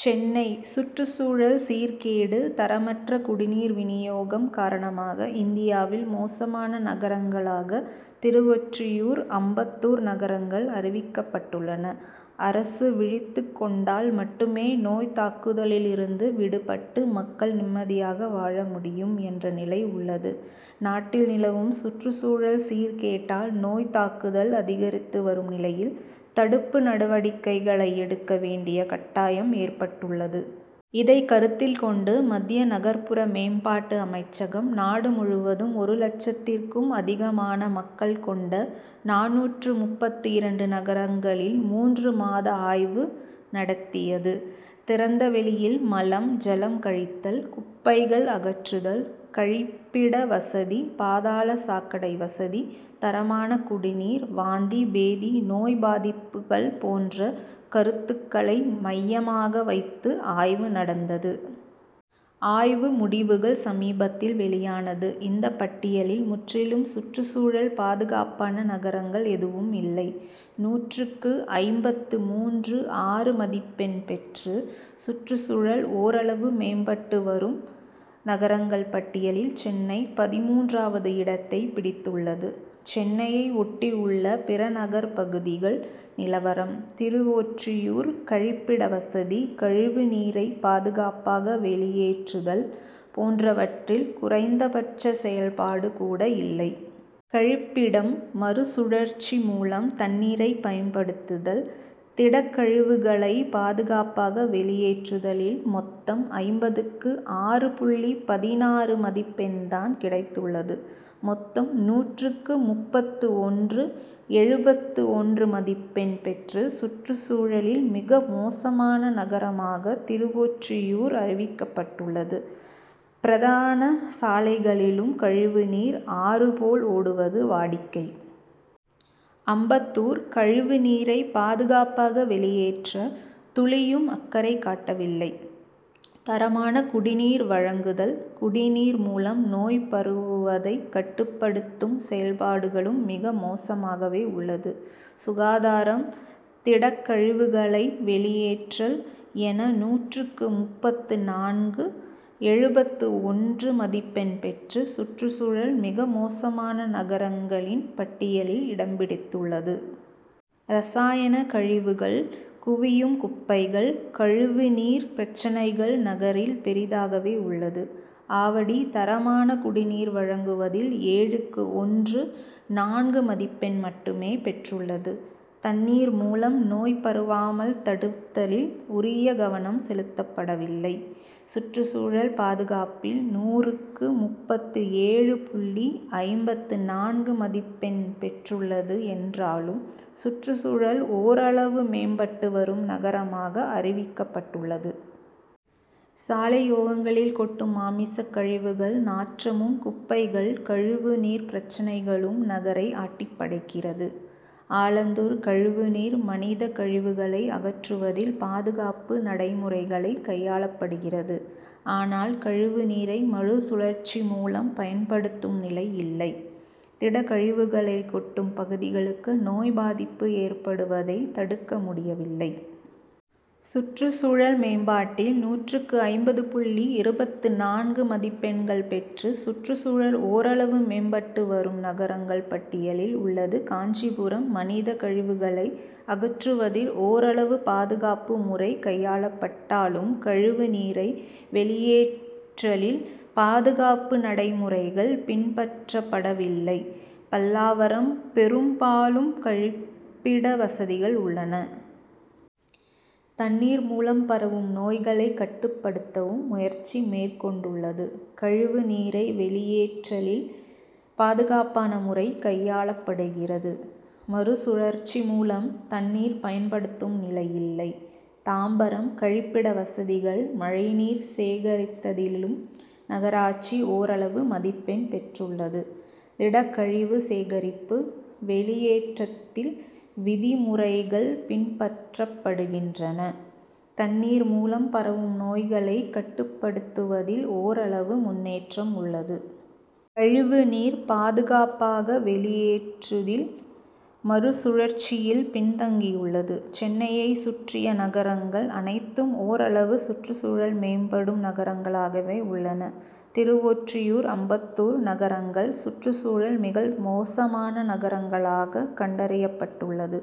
சென்னை: சுற்றுச்சூழல் சீர்கேடு, தரமற்ற குடிநீர் விநியோகம் காரணமாக இந்தியாவின் மோசமான நகரங்களாக திருவொற்றியூர், அம்பத்தூர் நகரங்கள் அறிவிக்கப்பட்டுள்ளன. அரசு விழித்துக் கொண்டால் மட்டுமே நோய் தாக்குதலில் இருந்து விடுபட்டு, மக்கள் நிம்மதியாக வாழ முடியும் என்ற நிலை உள்ளது. நாட்டில் நிலவும் சுற்றுச்சூழல் சீர்கேட்டால் நோய் தாக்குதல் அதிகரித்து வரும் நிலையில், தடுப்பு நடவடிக்கைகளை எடுக்க வேண்டிய கட்டாயம் ஏற்பட்டுள்ளது. இதைக் கருத்தில் கொண்டு, மத்திய நகர்புற மேம்பாட்டு அமைச்சகம், நாடு முழுவதும் ஒரு லட்சத்திற்கும் அதிகமான மக்கள் கொண்ட, நானூற்று முப்பத்து இரண்டு நகரங்களில் மூன்று மாத ஆய்வு நடத்தியது. திறந்த வெளியில் மலம், ஜலம் கழித்தல், குப்பைகள் அகற்றுதல், கழிப்பிட வசதி, பாதாள சாக்கடை வசதி, தரமான குடிநீர், வாந்தி, பேதி நோய் பாதிப்புக்கள் போன்ற கருத்துக்களை மையமாக வைத்து ஆய்வு நடந்தது. ஆய்வு முடிவுகள் சமீபத்தில் வெளியானது. இந்த பட்டியலில் முற்றிலும் சுற்றுச்சூழல் பாதுகாப்பான நகரங்கள் எதுவும் இல்லை. நூற்றுக்கு ஐம்பத்து மூன்று.ஆறு மதிப்பெண் பெற்று, சுற்றுச்சூழல் ஓரளவு மேம்பட்டு வரும் நகரங்கள் பட்டியலில் சென்னை பதின்மூன்றாவது இடத்தைப் பிடித்துள்ளது. சென்னையை ஒட்டியுள்ள பிற நகர் பகுதிகள் நிலவரம்: திருவொற்றியூர் கழிப்பிட வசதி, கழிவுநீரை பாதுகாப்பாக வெளியேற்றுதல் போன்றவற்றில் குறைந்தபட்ச செயல்பாடு கூட இல்லை. கழிப்பிடம், மறுசுழற்சி மூலம் தண்ணீரை பயன்படுத்தல், திடக்கழிவுகளை பாதுகாப்பாக வெளியேற்றுதலில் மொத்தம் ஐம்பதுக்கு ஆறு புள்ளி பதினாறு மதிப்பெண்தான் கிடைத்துள்ளது. மொத்தம் நூற்றுக்கு முப்பத்து ஒன்று.எழுபத்து ஒன்று மதிப்பெண் பெற்று சுற்றுச்சூழலில் மிக மோசமான நகரமாக திருவொற்றியூர் அறிவிக்கப்பட்டுள்ளது. பிரதான சாலைகளிலும் கழிவுநீர் ஆறுபோல் ஓடுவது வாடிக்கை. அம்பத்தூர் கழிவுநீரை பாதுகாப்பாக வெளியேற்ற துளியும் அக்கறை காட்டவில்லை. தரமான குடிநீர் வழங்குதல், குடிநீர் மூலம் நோய் பரவுவதைக் கட்டுப்படுத்தும் செயல்பாடுகளும் மிக மோசமாகவே உள்ளது. சுகாதாரம், திடக்கழிவுகளை வெளியேற்றல் என நூற்றுக்கு முப்பத்து நான்கு.எழுபத்து ஒன்று மதிப்பெண் பெற்று, சுற்றுச்சூழல் மிக மோசமான நகரங்களின் பட்டியலில் இடம்பிடித்துள்ளது. ரசாயனக் கழிவுகள், குவியும் குப்பைகள், கழிவுநீர் பிரச்னைகள் நகரில் பெரிதாகவே உள்ளது. ஆவடி தரமான குடிநீர் வழங்குவதில் ஏழுக்கு ஒன்று.நான்கு மதிப்பெண் மட்டுமே பெற்றுள்ளது. தண்ணீர் மூலம் நோய் பரவாமல் தடுத்தலில் உரிய கவனம் செலுத்தப்படவில்லை. சுற்றுச்சூழல் பாதுகாப்பில் நூறுக்கு, முப்பத்து ஏழு புள்ளி ஐம்பத்து நான்கு மதிப்பெண் பெற்றுள்ளது என்றாலும், சுற்றுச்சூழல் ஓரளவு மேம்பட்டு வரும் நகரமாக அறிவிக்கப்பட்டுள்ளது. சாலையோங்களில் கொட்டும் மாமிச கழிவுகள் நாற்றமும், குப்பைகள், கழிவுநீர் பிரச்னைகளும் நகரை ஆட்டிப்படைக்கிறது. ஆலந்தூர் கழிவுநீர், மனிதக் கழிவுகளை அகற்றுவதில் பாதுகாப்பு நடைமுறைகளைக் கையாளப்படுகிறது. ஆனால், கழிவுநீரை மறுசுழற்சி மூலம் பயன்படுத்தும் நிலை இல்லை. திடக்கழிவுகளை கொட்டும் பகுதிகளுக்கு நோய் பாதிப்பு ஏற்படுவதைத் தடுக்க முடியவில்லை. சுற்றுச்சூழல் மேம்பாட்டில் நூறுக்கு ஐம்பது புள்ளி இருபத்து நான்கு மதிப்பெண்கள் பெற்று, சுற்றுச்சூழல் ஓரளவு மேம்பட்டு வரும் நகரங்கள் பட்டியலில் உள்ளது. காஞ்சிபுரம் மனித கழிவுகளை அகற்றுவதில் ஓரளவு பாதுகாப்பு முறை கையாளப்பட்டாலும், கழிவுநீரை வெளியேற்றலில் பாதுகாப்பு நடைமுறைகள் பின்பற்றப்படவில்லை. பல்லாவரம் பெரும்பாலும் கழிப்பிட வசதிகள் உள்ளன. தண்ணீர் மூலம் பரவும் நோய்களைக் கட்டுப்படுத்தவும் முயற்சி மேற்கொண்டுள்ளது. கழிவுநீரை வெளியேற்றலில் பாதுகாப்பான முறை கையாளப்படுகிறது. மறுசுழற்சி மூலம் தண்ணீர் பயன்படுத்தும் நிலை இல்லை. தாம்பரம்:கழிப்பிட வசதிகள், மழைநீர் சேகரித்தலிலும் நகராட்சி ஓரளவு மதிப்பெண் பெற்றுள்ளது. திடக்கழிவு சேகரிப்பு, வெளியேற்றத்தில் விதிமுறைகள் பின்பற்றப்படுகின்றன. தண்ணீர் மூலம் பரவும் நோய்களை கட்டுப்படுத்துவதில் ஓரளவு முன்னேற்றம் உள்ளது. கழிவுநீர் பாதுகாப்பாக வெளியேற்றுதில், மறுசுழற்சியில் பின்தங்கியுள்ளது. சென்னையை சுற்றிய நகரங்கள் அனைத்தும் ஓரளவு சுற்றுச்சூழல் மேம்படும் நகரங்களாகவே உள்ளன. திருவொற்றியூர், அம்பத்தூர் நகரங்கள் சுற்றுச்சூழல் மிக மோசமான நகரங்களாக கண்டறியப்பட்டுள்ளது.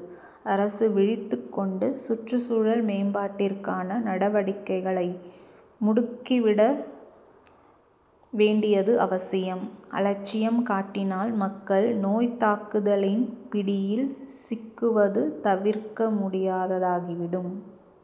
அரசு விழித்துக் கொண்டு, சுற்றுச்சூழல் மேம்பாட்டிற்கான நடவடிக்கைகளை முடுக்கிவிட வேண்டியது அவசியம். அலட்சியம் காட்டினால், மக்கள் நோய் தாக்குதலின் பிடியில் சிக்குவது தவிர்க்க முடியாததாகிவிடும்.